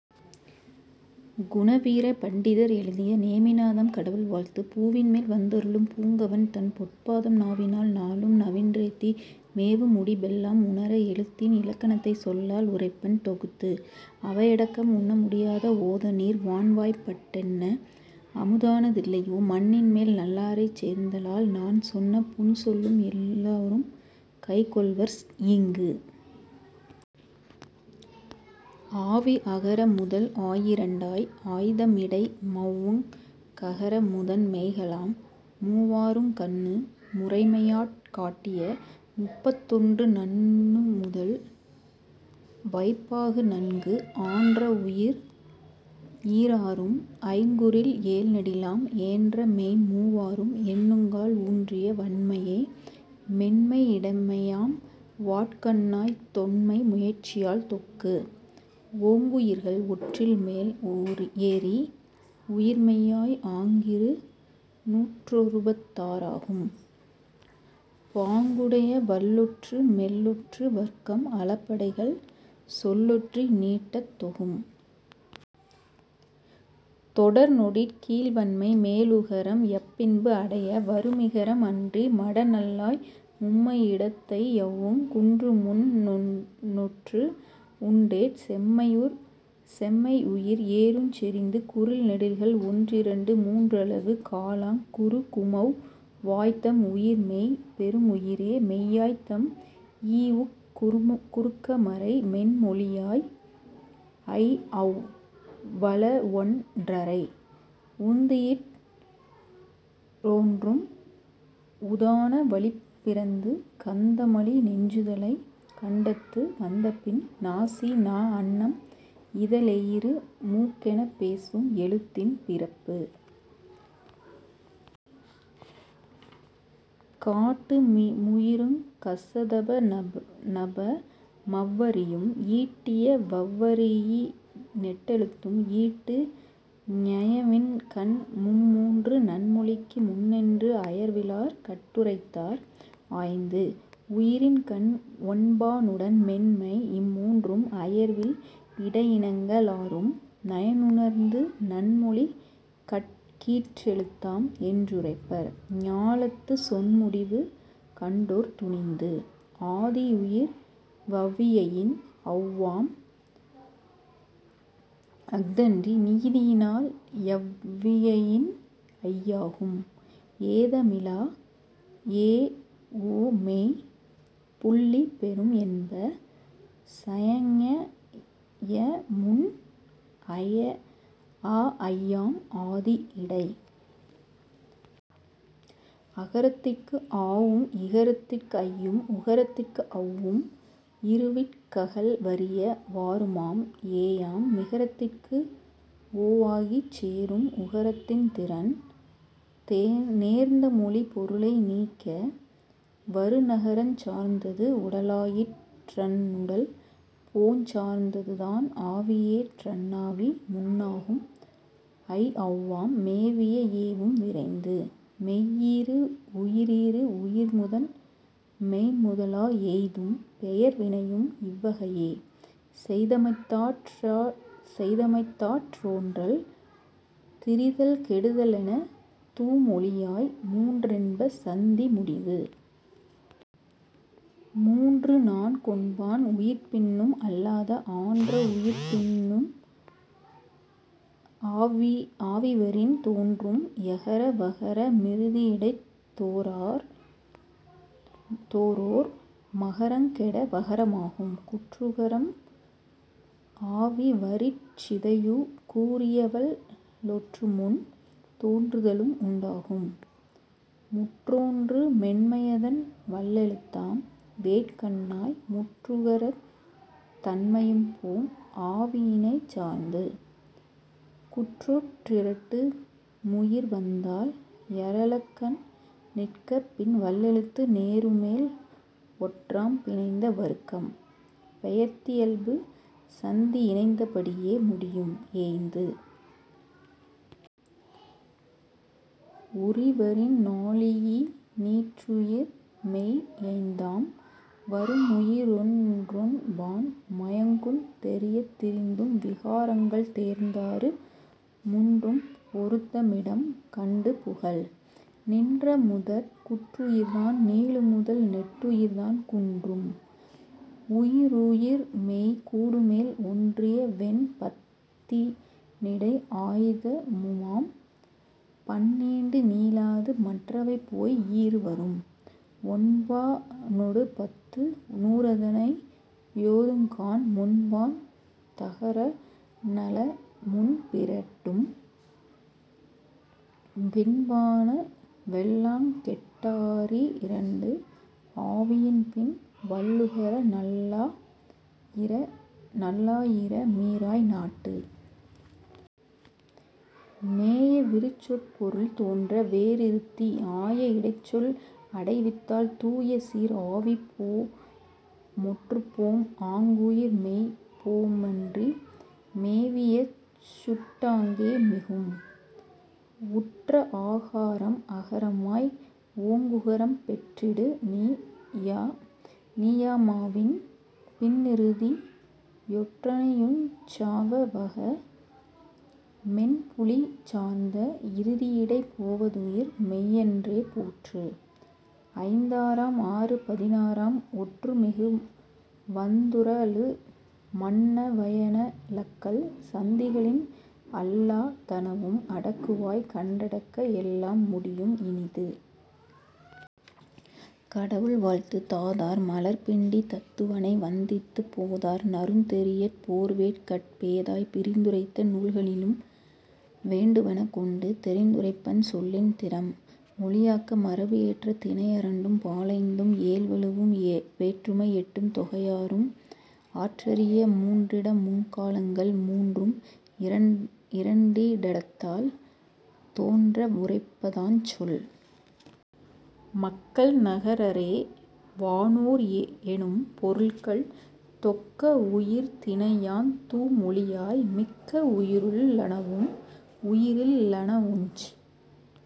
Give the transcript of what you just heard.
குணவீர பண்டிதர் எழுதிய நேமிநாதம் கடவுள் வாழ்த்து பூவின்மேல் வந்தருளும் புங்கவன்தன் பொற்பாதம் நாவினால் நாளும் நவின்றேத்தி மேவுமுடி பெல்லாம் உணர எழுத்தின் இலக்கணத்தைச் சொல்லால் உரைப்பன் தொகுத்து. அவையடக்கம் உண்ண முடியாத வோதநீர் வான்வாய்ப்பட் டெண்ண அமுதான தில்லையோ மண்ணின்மேல் நல்லாரைச் சேர்ந்தலால் நான்சொன்ன புன்சொல்லும் எல்லோரும் கைகொள்வர் ஈங்கு. ஆவி அகரமுதல் ஆயிரண்டாய் ஆய்தமிடை மெவுங் ககரமுதன் மெய்களாம் மூவாறுங் கண்ணு முறைமையாற் காட்டியமுப் பத்தொன்று நண்ணுமுதல் வைப்பாகு நன்கு. ஆன்றவுயிர் ஈராறும் ஐங்குறில் ஏழ்நெடிலாம் ஏன்றமெய்ம் மூவாறும் எண்ணுங்கால் ஊன்றிய வன்மையே மென்மை யிடைமையாம் வாட்கண்ணாய் தொன்மை முயற்சியால் தொக்கு. ஓங்குயிர்கள் ஒற்றில்மேல் ஏறி உயிர்மெய்யாய் ஆங்கிரு நூற்றொருபத் தாறாகும் பாங்குடைய வல்லொற்று மெல்லொற்று வர்க்கம் அளபெடைகள் சொல்லொற்றி நீட்டத் தொகும். தொடர்நொடிற் கீழ்வன்மை மேலுகரம் யப்பின்பு அடைய வருமிகரம் அன்றி மடநல்லாய் மும்மையிடத் தையௌவுங் குன்றுமுன் னொற்றுண்டேற் செம்மையுயிர் ஏறுஞ் செறிந்து குறில்நெடில்கள் ஒன்றிரண்டு மூன்றளவு காலாங் குறுகுமவ் வாய்தம் உயிர்மெய் பெறுமுயிரே மெய்யாய்தம் இஉக் குறுக்கமரை மென்மொழியாய் ஐஔ வளவொன் றரை. உந்தியிற் றோன்றும் உதான வளிப்பிறந்து கந்தமலி நெஞ்சுதலை கண்டத்து வந்தபின் நாசிநா அண்ணம் இதழெயிறு மூக்கெனப் பேசும் எழுத்தின் பிறப்பு. காட்டு முயிருங் கசதநப மவ்வரியும் ஈட்டிய வவ்வரியி னெட்டெழுத்தும் ஈட்டு ஞயவின்கண் மும்மூன்று நன்மொழிக்கு முன்னென்று அயர்விலார் கட்டுரைத்தார் ஆய்ந்து. உயிரின்கண் ஒன்பா னுடன்மென்மை இம்மூன்று அயர்வில் இடையினங்க ளாறும் நயனுணர்ந்து நன்மொழிகட் கீற்றெழுத்தாம் என்றுரைப்பர் ஞாலத்துச் சொன்முடிவு கண்டோர் துணிந்து. ஆதியுயிர் வவ்வியையின் ஔவாம் அஃதன்றி நீதியினால் யவ்வியையின் ஐயாகும் ஏதமிலா எஒமெய் புள்ளிபெரும் என்ப சஞயமுன் அஐயாம் ஆதி யிடை. அகரத்திற்கு ஆவும் இகரத்திற் ஐயும் உகரத்திற்கு ஔவும் இருவிற் ககல்வரிய வாருமாம் ஏயாம் மிகரத்திற்கு ஒவாகிச் சேரும் உகரத்தின் திறம். நேர்ந்தமொழிப் பொருளை நீக்க வருநகரஞ் சார்ந்தது உடலாயிற் றன்னுடல் போஞ் சார்ந்ததுதான் ஆவியேற் றன்னாவி முன்னாகும் ஐஔவாம் மேவிய ஏவும் விரைந்து. மெய்யீறு உயிரீறு உயிர்முதன் மெய்ம்முதலா எய்தும் பெயர்வினையும் இவ்வகையே செய்தமைத்தாற் தோன்றல் திரிதல் கெடுதலெனத் தூமொழியாய் மூன்றென்ப சந்தி முடிவு. மூன்றுநான் கொன்பான் உயிர்ப்பின்னும் அல்லாத ஆன்ற வுயிர்ப்பின்னும் ஆவிவரின் தோன்றும் யகர வகர மிறுதியிடைத் தோரோர் மகரங் கெட வகரமாம். குற்றுகரம் ஆவி வரிற்சிதையு கூறியவல் லொற்றுமுன் தோன்றுதலும் உண்டாகும் முற்றோன்று மென்மையதன் வல்லெழுத்தாம் வேற்கண்ணாய் முற்றுகரத் தன்மையும்போம் ஆவியினைச் சார்ந்து. குற்றொற் றிரட்டுமுயிர் வந்தால் யரழக்கண் நிற்கப்பின் வல்லெழுத்து நேருமேல் ஒற்றாம் பிணைந்த வருக்கம் பெயர்த்தியல்பு சந்தி யிணைந்தபடி யேமுடியும் ஏய்ந்து. உரிவரின் நாழியி னீற்றுயிர்மெய் யைந்தாம் வருமுயிரொன் றொன்பான் மயங்குந் தெரியத் திரிந்தும் விகாரங்கள் தேர்ந்தாறு முன்றும் பொருந்தமிடம் கண்டு புகல். நின்றமுதற் குற்றுயிர்தான் நீளுமுதல் நெட்டுயிர்தான் குன்றும் உயிருயிர்மெய் கூடுமேல் ஒன்றியவெண் பத்தினிடை ஆய்தமுமாம் பந்நீண்டு நீளாது மற்றவைபோய் ஈறு வரும். ஒன்பா னொடுபத்து நூறதனை யோதுங்கான் முன்பாந் தகரணள முன்பிரட்டும் பின்பான வெல்லாங்கெட் டாறிரண்டு ஆவியின்பின் வல்லுகர நல்லா யிரமீறாய் நாட்டு. மேய விருசொற்பொருள்தோன்ற வேறிருத்தி ஆய இடைச்சொல் அடைவித்தால் தூயசீர் ஆவிபோ மொற்றுப்போம் ஆங்குயிர்மெய் போமன்றி மேவியசுட் டாங்கே மிகும். உற்றஆ காரம் அகரமாய் ஓங்குகரம் பெற்றிடுநீ யாமாவின் பின்னிறுதி யொற்றணையுஞ் சாவவக மென்புழிச் சார்ந்த இறுதியிடைப் போவதுயிர் மெய்யென்றே போற்று. ஐந்தாறாம் ஆறு பதினாறாம் ஒற்றுமிகும் வந்துறழு மன்ன வயனலக்கள் சந்திகளின் அல்லா தனவும் அடக்குவாய் கண்டடக்க எல்லாம் முடியும் இனிது. கடவுள் வாழ்த்து தாதார் மலர்பிண்டித் தத்துவனை வந்தித்துப் போதார் நறுந்தெரியற் போர்வேற்கட் பேதாய் விரித்துரைத்த நூல்களினும் வேண்டுவன கொண்டு தெரித்துரைப்பன் சொல்லின் திறம்.. மொழியாக்க மரபு ஏற்ற திணையரண்டும் பாலைந்தும் ஏழ்வழுவும் வேற்றுமை எட்டும் தொகையாறும் ஆற்றரிய மூன்றிடமுங் காலங்கள் மூன்றும் இரண்டிடத்தால் தோன்ற வுரைப்பதாஞ் சொல். மக்கள் நரகரே வானோர் எனும்பொருள்கள் தொக்க வுயர்திணையாந் தூமொழியாய் மிக்க வுயிருள் ளனவும் உயிரில் லனவுஞ்।